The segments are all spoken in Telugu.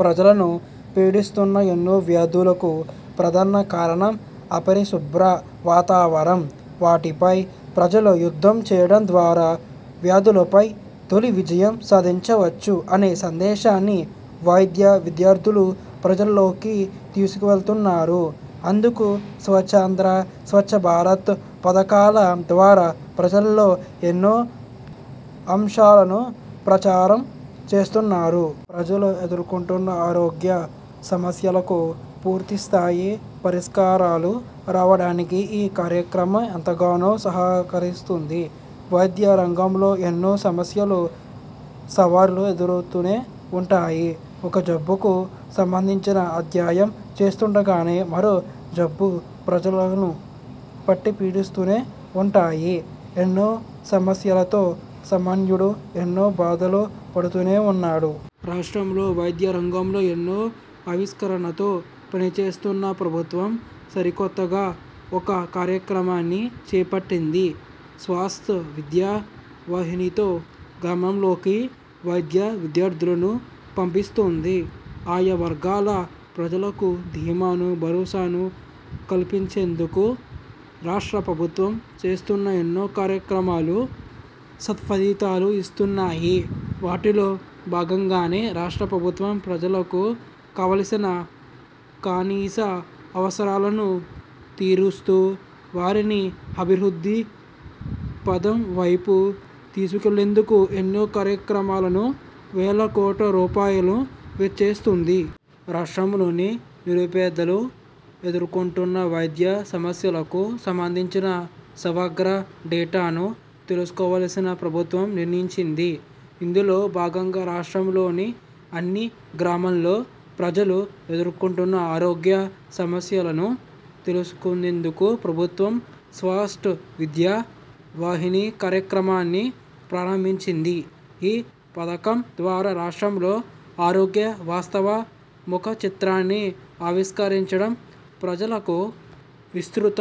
ప్రజలను పీడిస్తున్న ఎన్నో వ్యాధులకు ప్రధాన కారణం అపరిశుభ్ర వాతావరణం. వాటిపై ప్రజలు యుద్ధం చేయడం ద్వారా వ్యాధులపై తొలి విజయం సాధించవచ్చు అనే సందేశాన్ని వైద్య విద్యార్థులు ప్రజల్లోకి తీసుకెళ్తున్నారు. అందుకు స్వచ్ఛాంధ్ర, స్వచ్ఛభారత్ పథకాల ద్వారా ప్రజల్లో ఎన్నో అంశాలను ప్రచారం చేస్తున్నారు. ప్రజలు ఎదుర్కొంటున్న ఆరోగ్య సమస్యలకు పూర్తి స్థాయి పరిష్కారాలు రావడానికి ఈ కార్యక్రమం ఎంతగానో సహకరిస్తుంది. వైద్య రంగంలో ఎన్నో సమస్యలు, సవాళ్లూ ఎదురవుతూనే ఉంటాయి. ఒక జబ్బుకు సంబంధించి అధ్యయనం చేస్తుండగానే మరో జబ్బు ప్రజలను పట్టిపీడిస్తూనే ఉంటాయి. ఎన్నో సమస్యలతో సామాన్యుడు ఎన్నో బాధలు పడుతూనే ఉన్నాడు. రాష్ట్రంలో వైద్య రంగంలో ఎన్నో ఆవిష్కరణలతో పనిచేస్తున్న ప్రభుత్వం సరికొత్తగా ఒక కార్యక్రమాన్ని చేపట్టింది. స్వాస్థ్ విద్యా వాహిణితో గ్రామాల్లోకి వైద్య విద్యార్థులను పంపిస్తోంది. ఆయా వర్గాల ప్రజలకు ధీమాను, భరోసాను కల్పించేందుకు రాష్ట్ర ప్రభుత్వం చేస్తున్న ఎన్నో కార్యక్రమాలు సత్ఫలితాలనిస్తున్నాయి. వాటిలో భాగంగానే రాష్ట్ర ప్రభుత్వం ప్రజలకు కావాల్సిన కనీస అవసరాలను తీరుస్తూ, వారిని అభివృద్ధి పథం వైపు తీసుకెళ్లేందుకు ఎన్నో కార్యక్రమాలను, వేల కోట్ల రూపాయలు వెచ్చిస్తోంది. రాష్ట్రంలోని నిరుపేదలు ఎదుర్కొంటున్న వైద్య సమస్యలకు సంబంధించి సమగ్ర డేటాను తెలుసుకోవాలసిన ప్రభుత్వం నిర్ణయించింది. ఇందులో భాగంగా రాష్ట్రంలోని అన్ని గ్రామాల్లో ప్రజలు ఎదుర్కొంటున్న ఆరోగ్య సమస్యలను తెలుసుకునేందుకు ప్రభుత్వం స్వాస్థ్ విద్యా వాహిని కార్యక్రమాన్ని ప్రారంభించింది. ఈ పథకం ద్వారా రాష్ట్రంలోని ఆరోగ్య వాస్తవ ముఖచిత్రాన్ని ఆవిష్కరించడం, ప్రజలకు విస్తృత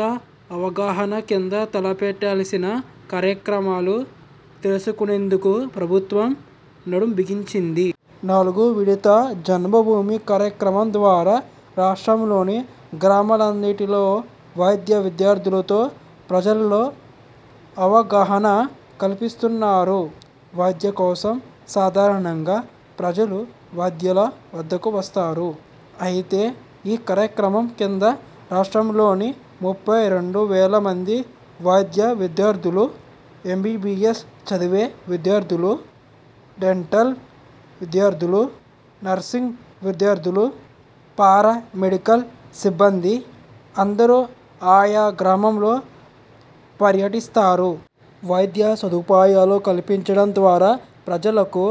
అవగాహన కింద తలపెట్టాల్సిన కార్యక్రమాలు తెలుసుకునేందుకు ప్రభుత్వం నడుం బిగించింది. నాల్గో విడత జన్మభూమి కార్యక్రమం ద్వారా రాష్ట్రంలోని గ్రామాలన్నింటిలో వైద్య విద్యార్థులతో ప్రజల్లో అవగాహన కల్పిస్తున్నారు. వైద్యం కోసం సాధారణంగా ప్రజలు వైద్యుల వద్దకు వస్తారు. అయితే ఈ కార్యక్రమం కింద రాష్ట్రంలోని ముప్పై రెండు వేల మంది వైద్య విద్యార్థులు, ఎంబీబీఎస్ చదివే విద్యార్థులు, డెంటల్ విద్యార్థులు, నర్సింగ్ విద్యార్థులు, పారా మెడికల్ సిబ్బంది అందరూ ఆయా గ్రామాల్లో పర్యటిస్తారు. వైద్య సదుపాయాలు కల్పించడం ద్వారా ప్రజలకు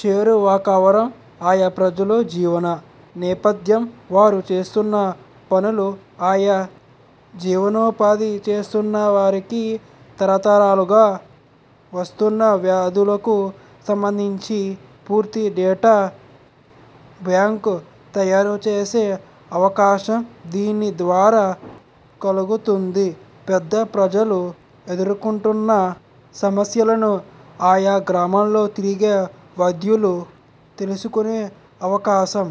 చేరువకావడం, ఆయా ప్రజలు జీవన నేపథ్యం, వారు చేస్తున్న పనులు, ఆయా జీవనోపాధి చేస్తున్నవారికి తరతరాలుగా వస్తున్న వ్యాధులకు సంబంధించి పూర్తి డేటా బ్యాంక్ తయారు చేసే అవకాశం దీని ద్వారా కలుగుతుంది. పేద ప్రజలు ఎదుర్కొంటున్న సమస్యలను ఆయా గ్రామాల్లో తిరిగే వైద్యులు తెలుసుకునే అవకాశం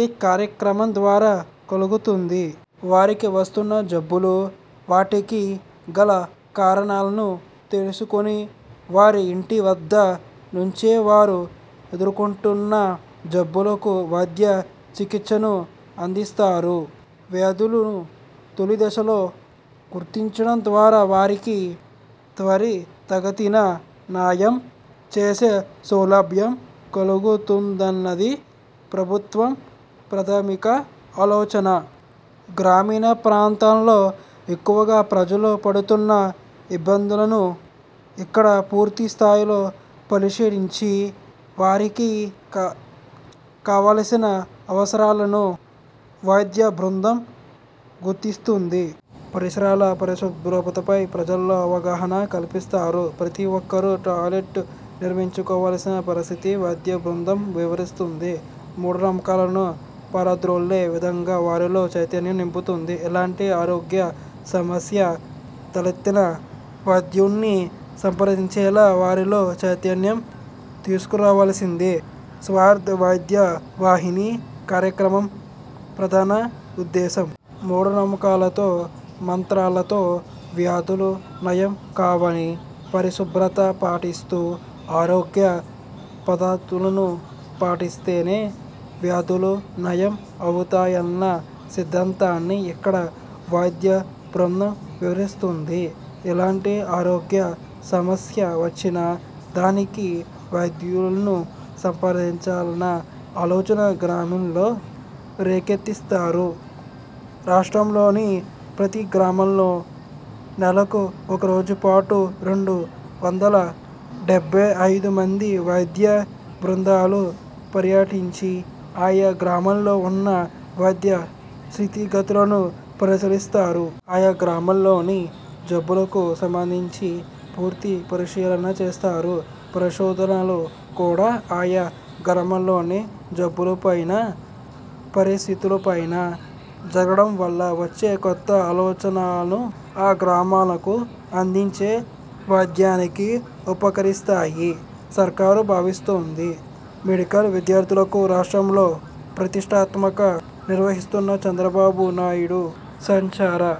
ఈ కార్యక్రమం ద్వారా కలుగుతుంది. వారికి వస్తున్న జబ్బులు, వాటికి గల కారణాలను తెలుసుకొని వారి ఇంటి వద్ద నుంచే వారు ఎదుర్కొంటున్న జబ్బులకు వైద్య చికిత్సను అందిస్తారు. వ్యాధులను తొలిదశలో గుర్తించడం ద్వారా వారికి త్వరితగతిన నయం చేసే సౌలభ్యం కలుగుతుందన్నది ప్రభుత్వ ప్రాధమిక ఆలోచన. గ్రామీణ ప్రాంతాల్లో ఎక్కువగా ప్రజలు పడుతున్న ఇబ్బందులను ఇక్కడ పూర్తి స్థాయిలో పరిశీలించి, వారికి కావల్సిన అవసరాలను వైద్య బృందం గుర్తిస్తుంది. పరిసరాల పరిశుభ్రతపై ప్రజల్లో అవగాహన కల్పిస్తారు. ప్రతి ఒక్కరూ టాయిలెట్ నిర్మించుకోవాల్సిన పరిస్థితిని వైద్య బృందం వివరిస్తుంది. మూఢనమ్మకాలను పారద్రోలే విధంగా వారిలో చైతన్యం నింపుతుంది. ఎలాంటి ఆరోగ్య సమస్య తలెత్తినా వైద్యుడ్ని సంప్రదించేలా వారిలో చైతన్యం తీసుకురావాలన్నదే స్వాస్థ్ వైద్య వాహిణి కార్యక్రమ ప్రధాన ఉద్దేశం. మూఢ నమ్మకాలతో, మంత్రాలతో వ్యాధులు నయం కావని, పరిశుభ్రత పాటిస్తూ, ఆరోగ్య పద్ధతులను పాటిస్తేనే వ్యాధులు నయం అవుతాయన్న సిద్ధాంతాన్ని ఇక్కడ వైద్య బృందం వివరిస్తుంది. ఎలాంటి ఆరోగ్య సమస్య వచ్చినా దానికి వైద్యులను సంప్రదించాలన్న ఆలోచన గ్రామీణుల్లో రేకెత్తిస్తారు. రాష్ట్రంలోని ప్రతి గ్రామంలోనూ నెలకు ఒక రోజు పాటు రెండు వందల డెబ్బై ఐదు మంది వైద్య బృందాలు పర్యటించి ఆయా గ్రామాల్లో ఉన్న వైద్య స్థితిగతులను పరిశీలిస్తారు. ఆయా గ్రామాల్లోని జబ్బులకు సంబంధించి పూర్తి పరిశీలన చేస్తారు. పరిశోధనలు కూడా ఆయా గ్రామాల్లోని జబ్బులపైనా, పరిస్థితులపైనా జరగడం వల్ల వచ్చే కొత్త ఆలోచనలు ఆ గ్రామీణులకు అందించే వైద్యానికి ఉపకరిస్తాయీ సర్కారు భావిస్తోంది. మెడికల్ విద్యార్థులకు రాష్ట్రంలో ప్రతిష్టాత్మకంగా నిర్వహిస్తున్న చంద్రబాబు నాయుడు సంచార